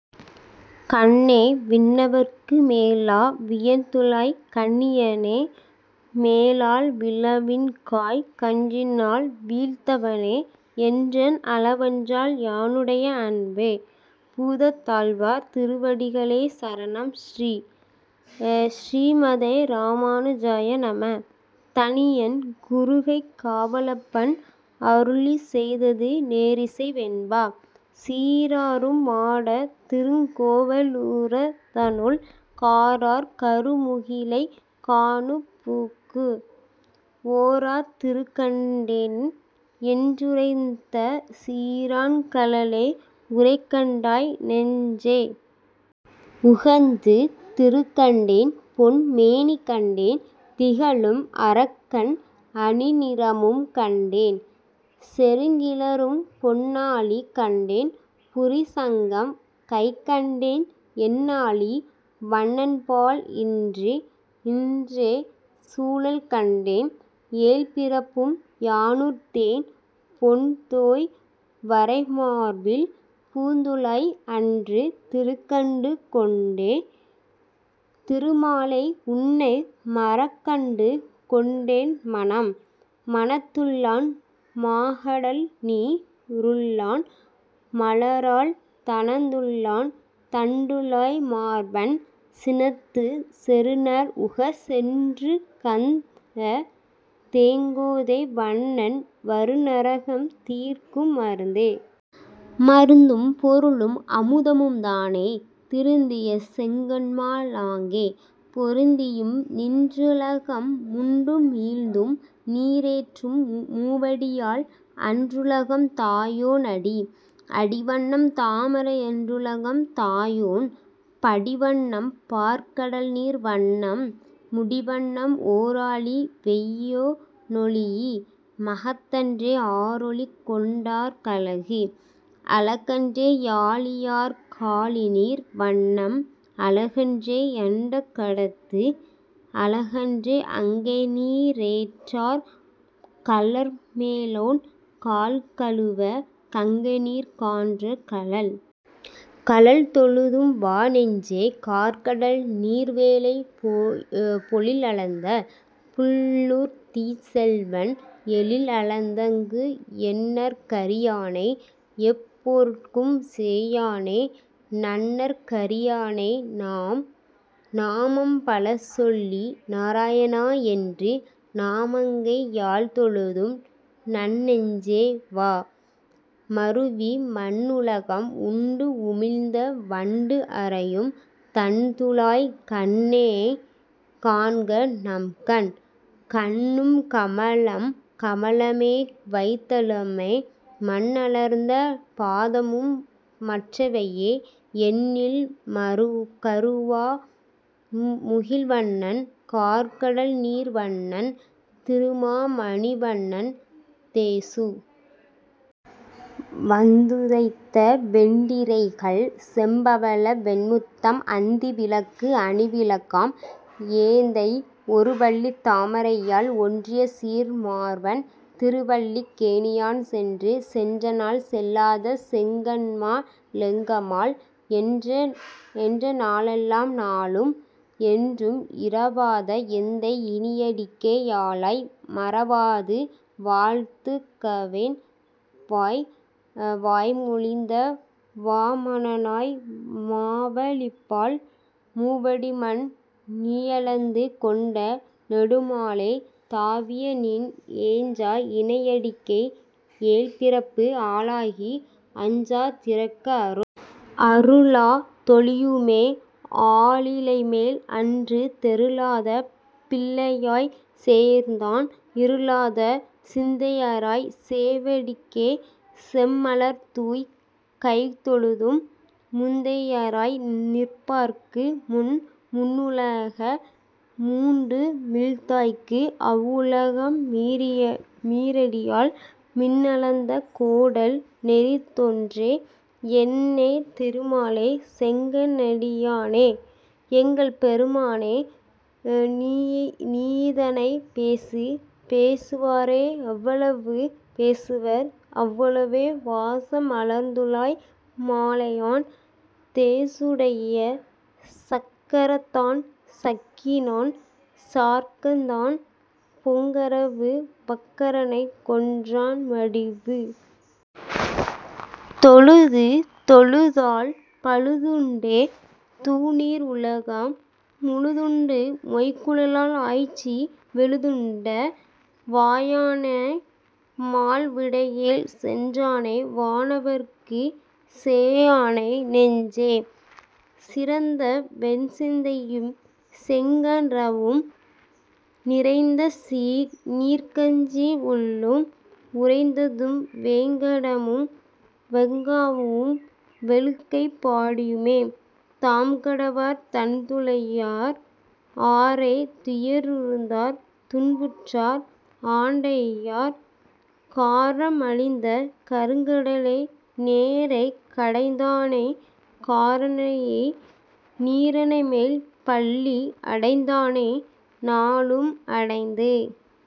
கண்ணனே, விண்ணவர்க்கு। மேலா. வியந்துழாய்க் கண்ணியனே, மேலால் விளவின்காய் கன்றினால் வீழ்த்தவனே, என்றன் அளவன்றால் யானுடைய அன்பு. பூதத்தாழ்வார் திருவடிகளே சரணம் ஸ்ரீ: ஸ்ரீமதே ராமானுஜாய நம: தனியன் குருகை காவலப்பன் அருளிச் செய்தது நேரிசை வெண்பா சீராரும் மாடத் திருக்கோவ லூரதனுள் காரார் கருமுகிலைக் காணப்புக்கு, ஓராத் திருக்கண்டேன் என்றுரைத்த சீரான் கழலே, உரைக்கண்டாய் நெஞ்சே. உகந்து. திருக்கண்டேன் பொன்மேனி கண்டேன், திகழும் அருக்கன் அணிநிறமும் கண்டேன், செருக்கிளரும் பொன்னாழி கண்டேன் புரி சங்கம் கைக்கண்டேன், என்னாழி வண்ணன்பால் இன்று. இன்றே கழல்கண்டேன் ஏழ்பிறப்பும் யானறுத்தேன், பொன்தோய் வரைமார்வில் பூந்துழாய், அன்று திருக்கண்டு கொண்ட திருமாலே, உன்னை மருக்கண்டு கொண்டேன் மனம். மனத்துள்ளான் மாகடல்நீ ருள்ளான், மலராள் தனத்துள்ளான் தண்டுழாய் மார்பன், சினத்துச் செருநர்உகச் செற்றுகந்த தேங்கோத வண்ணன், வருநரகம் தீர்க்கும் மருந்து. மருந்தும் பொருளும் அமுதமும் தானே, திருந்திய செங்கண்மா லாங்கே, பொருந்தியும் நின்றுலக முண்டுமிழ்ந்தும் நீரேற்றும் மூவடியால், அன்றுலகம் தாயோன் அடி. அடிவண்ணம் தாமரை யன்றுலகம் தாயோன், படிவண்ணம் பார்க்கடல்நீர் வண்ணம், முடிவண்ணம் ஓராழி வெய்யோ னொளியு மஃதன்றே ஆராழி கொண்டாற் கழகு? அழகன்றே யாழியாற் காழிநீர் வண்ணம், அழகன்றே யண்டம் கடத்தல், அழகன்றே அங்கைநீ ரேற்றாற் கலர்மேலோன் கால்கழுவ, கங்கைநீர் கான்ற கழல்? கழல்தொழுதும் வாநெஞ்சே. கார்கடல்நீர் வேலை, பொழிலளந்த புள்ளூர்திச் செல்வன், எழிலளந்தங் கெண்ணற் கரியானை எப்பொருட்கும் சேயானை, நண்ணற் கரியானை நாம். நாமம் பலசொல்லி நாராய ணாவென்று, நாமங்கை யால்தொழுதும் நன்னெஞ்சே. வா, மருவி மண்ணுலக முண்டுமிழ்ந்த வண்டறையும் தண்டுழாய், கண்ணனையே காண்கநங் கண். கண்ணுங் கமலம் கமலமே கைத்தலமும், மண்ணளந்த பாதமும் மற்றவையே, எண்ணில் கருமா முகில்வண்ணன் கார்கடல்நீர் வண்ணன், திருமா மணிவண்ணன் தேசு. வந்துதைத்த வெண்டிரைகள் செம்பவள வெண்முத்தம் அந்தி விளக்கும் அணிவிளக்காம், எந்தை ஒருவல்லித் தாமரையாள் ஒன்றியசீர் மார்வன், திருவல்லிக் கேணியான் சென்று. சென்றநாள் செல்லாத செங்கண்மா லெங்கள்மால், என்றநா ளெந்நாளும் நாளாகும், என்றும் இறவாத எந்தை இணையடிக்கே யாளாய், மறவாது வாழ்த்துகவென் வாய். வாய்மொழிந்து வாமனனாய் மாவலிபால், மூவடிமண் நீயளந்து கொண்ட நெடுமாலே, தாவியநின் எஞ்சா இணையடிக்கே ஏழ்பிறப்பும் ஆளாகி, அஞ்சா திருக்க அருள். அருளா தொழியுமே ஆலிலைமேல், அன்று தெருளாத பிள்ளையாய்ச் சேர்ந்தான், இருளாத சிந்தையராய்ச் சேவடிக்கே செம்மலர்தூய்க் கைதொழுது, முந்தையராய் நிற்பார்க்கு முன்? முன்னுலக முண்டுமிழ்ந்தாய்க்கு, அவ்வுலக மீரடியால் பின்னளந்து கோடல் பெரிதொன்றே? என்னே திருமாலே. செங்க ணெடியானே, எங்கள் பெருமானே. நீயிதனைப் பேசு. பேசுவா ரெவ்வளவு பேசுவர், அவ்வளவே வாச மலர்த்துழாய் மாலையான், தேசுடைய சக்கரத்தான் சங்கினான் சார்ங்கத்தான், பொங்கரவ வக்கரனைக் கொன்றான் வடிவு. தொழுது. தொழுதால் பழுதுண்டே தூநீ ருலகம், முழுதுண்டு மொய்குழலாள் ஆய்ச்சி, விழுதுண்ட வாயானை மால்விடையேழ் செற்றானை, வானவர்க்கும் சேயானை நெஞ்சே. சிறந்து? சிறந்தவென் சிந்தையும் செங்கண் அரவும், நிறைந்தசீர் நீள்கச்சி யுள்ளும், உறைந்ததுவும், வேங்கடமும் வெஃகாவும் வேளுக்கைப் பாடியுமே, தாம்கடவார் தண்டுழா யார். ஆரே துயருழந்தார் துன்புற்றார் ஆண்டையார், காரே மலிந்த கருங்கடலை, நேரே கடைந்தானைக் காரணனை, நீரணைமேல் பள்ளி அடைந்தானை நாளும் அடைந்து?